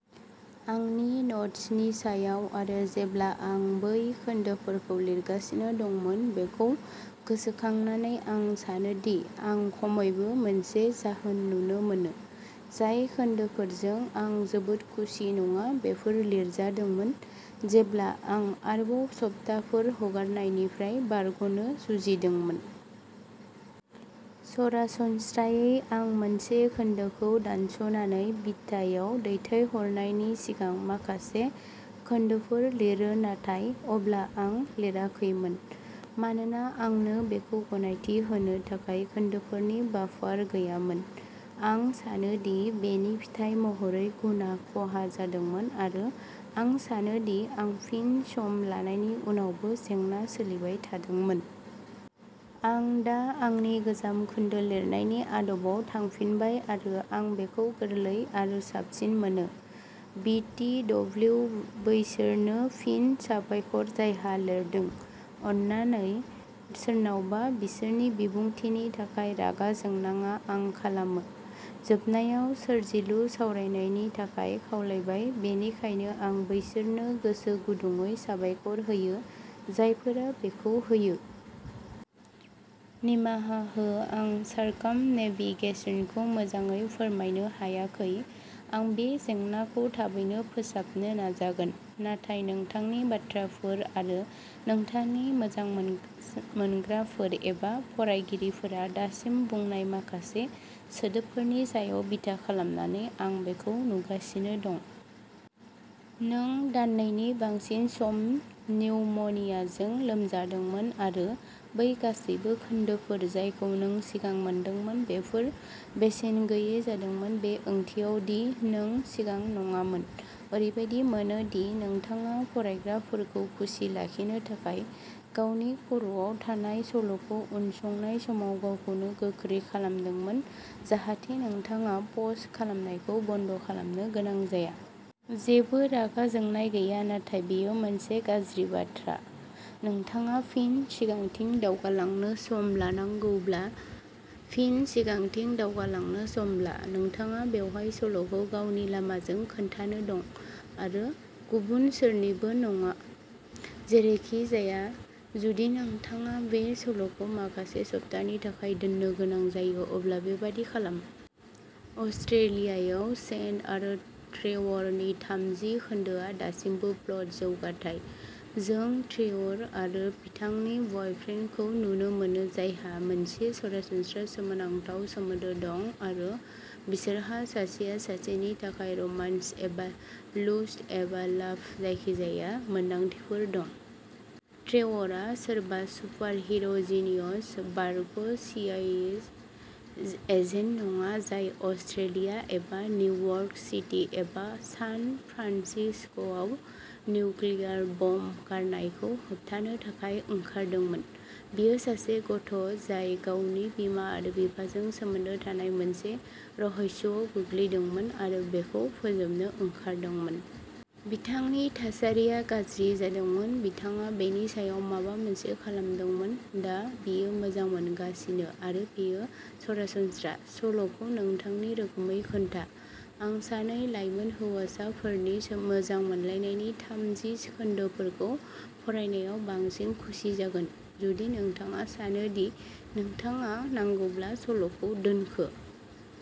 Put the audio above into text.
आंनि न'ट्सनि सायाव आरो जेब्ला आं बै खोन्दोफोरखौ लिरगासिनो दंमोन बेखौ गोसोखांनानै आं सानो दि आं खमैबो मोनसे जाहोन नुनो मोनो। जाय खोन्दोफोरजों आं जोबोद खुसि नङा बेफोर लिरजादोंमोन जेब्ला आं आरोबाव सप्ताफोर हगारनायनिफ्राय बारग'नो जुजिदोंमोन। सरासनस्रायै आं मोनसे खोन्दोखौ दानस'नानै बिटायाव दैथायहरनायनि सिगां माखासे खोन्दोफोर लिरो नाथाय अब्ला आं लिराखैमोन, मानोना आंनो बेखौ गनायथि होनो थाखाय खोन्दोफोरनि बाफार गैयामोन। आं सानो दि बेनि फिथाय महरै गुनआ खहा जादोंमोन आरो आं सानो दि आं फिन सम लानायनि उनावबो जेंना सोलिबाय थादोंमोन। आं दा आंनि गोजाम खोन्दो लिरनायनि आदबआव थांफिनबाय आरो आं बेखौ गोरलै आरो साबसिन मोनो। बि ति दब्लिउ बैसोरनो फिन साबायखर जायहा लिरदों। अन्नानै सोरनावबा बिसोरनि बिबुंथिनि थाखाय रागा जोंनाङा आं खालामो। जोबनायाव सोरजिलु सावरायनायनि थाखाय खावलायबाय बेनिखायनो आं बैसोरनो गोसोगुदुंयै साबायखर होयो जायफोरा बेखौ होयो। निमाहा हो आं सारकामनेभिगेसनखौ मोजाङै फोरमायनो हायाखै। आं बे जेंनाखौ थाबैनो फोसाबनो नाजागोन। नाथाय नोंथांनि बाथ्राफोर आरो नोंथांनि मोजां मोनग्राफोर एबा फरायगिरिफोरा दासिम बुंनाय माखासे सोदोबफोरनि सायाव बिथा खालामनानै आं बेखौ नुगासिनो दं। नों दाननैनि बांसिन सम निउमनियाजों लोमजादोंमोन आरो बै गासैबो खोन्दोफोर जायखौ नों सिगां मोनदोंमोन बेफोर बेसेन गैयै जादोंमोन बे ओंथियाव दि नों सिगां नङामोन। ओरैबादि मोनो दि नोंथाङा फरायग्राफोरखौ खुसि लाखिनो थाखाय गावनि खर'आव थानाय सल'खौ उनसंनाय समाव गावखौनो गोख्रै खालामदोंमोन जाहाथे नोंथाङा पस्ट खालामनायखौ बन्द खालामनो गोनां जाया। जेबो रागा जोंनाय गैया नाथाय बेयो मोनसे गाज्रि बाथ्रा। नोंथाङा फिन सिगांथिं दावगालांनो सम लानांगौब्ला फिन सिगांथिं दावगालांनो सम ला। नोंथाङा बेवहाय सल'खौ गावनि लामाजों खोन्थानो दं आरो गुबुन सोरनिबो नङा। जेरैखिजाया। जुदि नोंथाङा बे सल'खौ माखासे सप्तानि थाखाय दोननो गोनां जायो अब्ला बेबादि खालाम। अस्ट्रेलियायाव शेन आरो ट्रेवरनि थामजि खोन्दोआ दासिमबो प्लट जौगाथाय। जों ट्रेवर आरो बिथांनि बयफ्रेन्डखौ नुनो मोनो जायहा मोनसे सरासनस्रा सोमोनांथाव सोमोन्दो दं आरो बिसोरहा सासेया सासेनि थाखाय रमान्स एबा लुस्ट एबा लाभ जायखिजाया मोन्दांथिफोर दं। ट्रेवरआ सोरबा सुपारहिर'जिनियस बारग'सीआईए एजेन्ट नङा जाय अस्ट्रेलिया एबा निउयर्क सिटी एबा सान फ्रान्सिस्क'आव निउक्लियार बम गारनायखौ होबथानो थाखाय ओंखारदोंमोन। बियो सासे गथ'जाय गावनि बिमा आरो बिफाजों सोमोन्दो थानाय मोनसे रहस्यआव गोग्लैदोंमोन आरो बेखौ फोजोबनो ओंखारदोंमोन। बिथांनि थासारिया गाज्रि जादोंमोन, बिथाङा बेनि सायाव माबा मोनसे खालामदोंमोन। दा बियो मोजां मोनगासिनो, आरो बेयो सरासनस्रा। सल'खौ नोंथांनि रोखोमै खोन्था। आं सानै लाइमोन हौवासाफोरनि मोजां मोनलायनायनि थामजि खोन्दोफोरखौ फरायनायाव बांसिन खुसि जागोन। जुदि नोंथाङा सानो दि नोंथाङा नांगौब्ला सल'खौ दोनखो।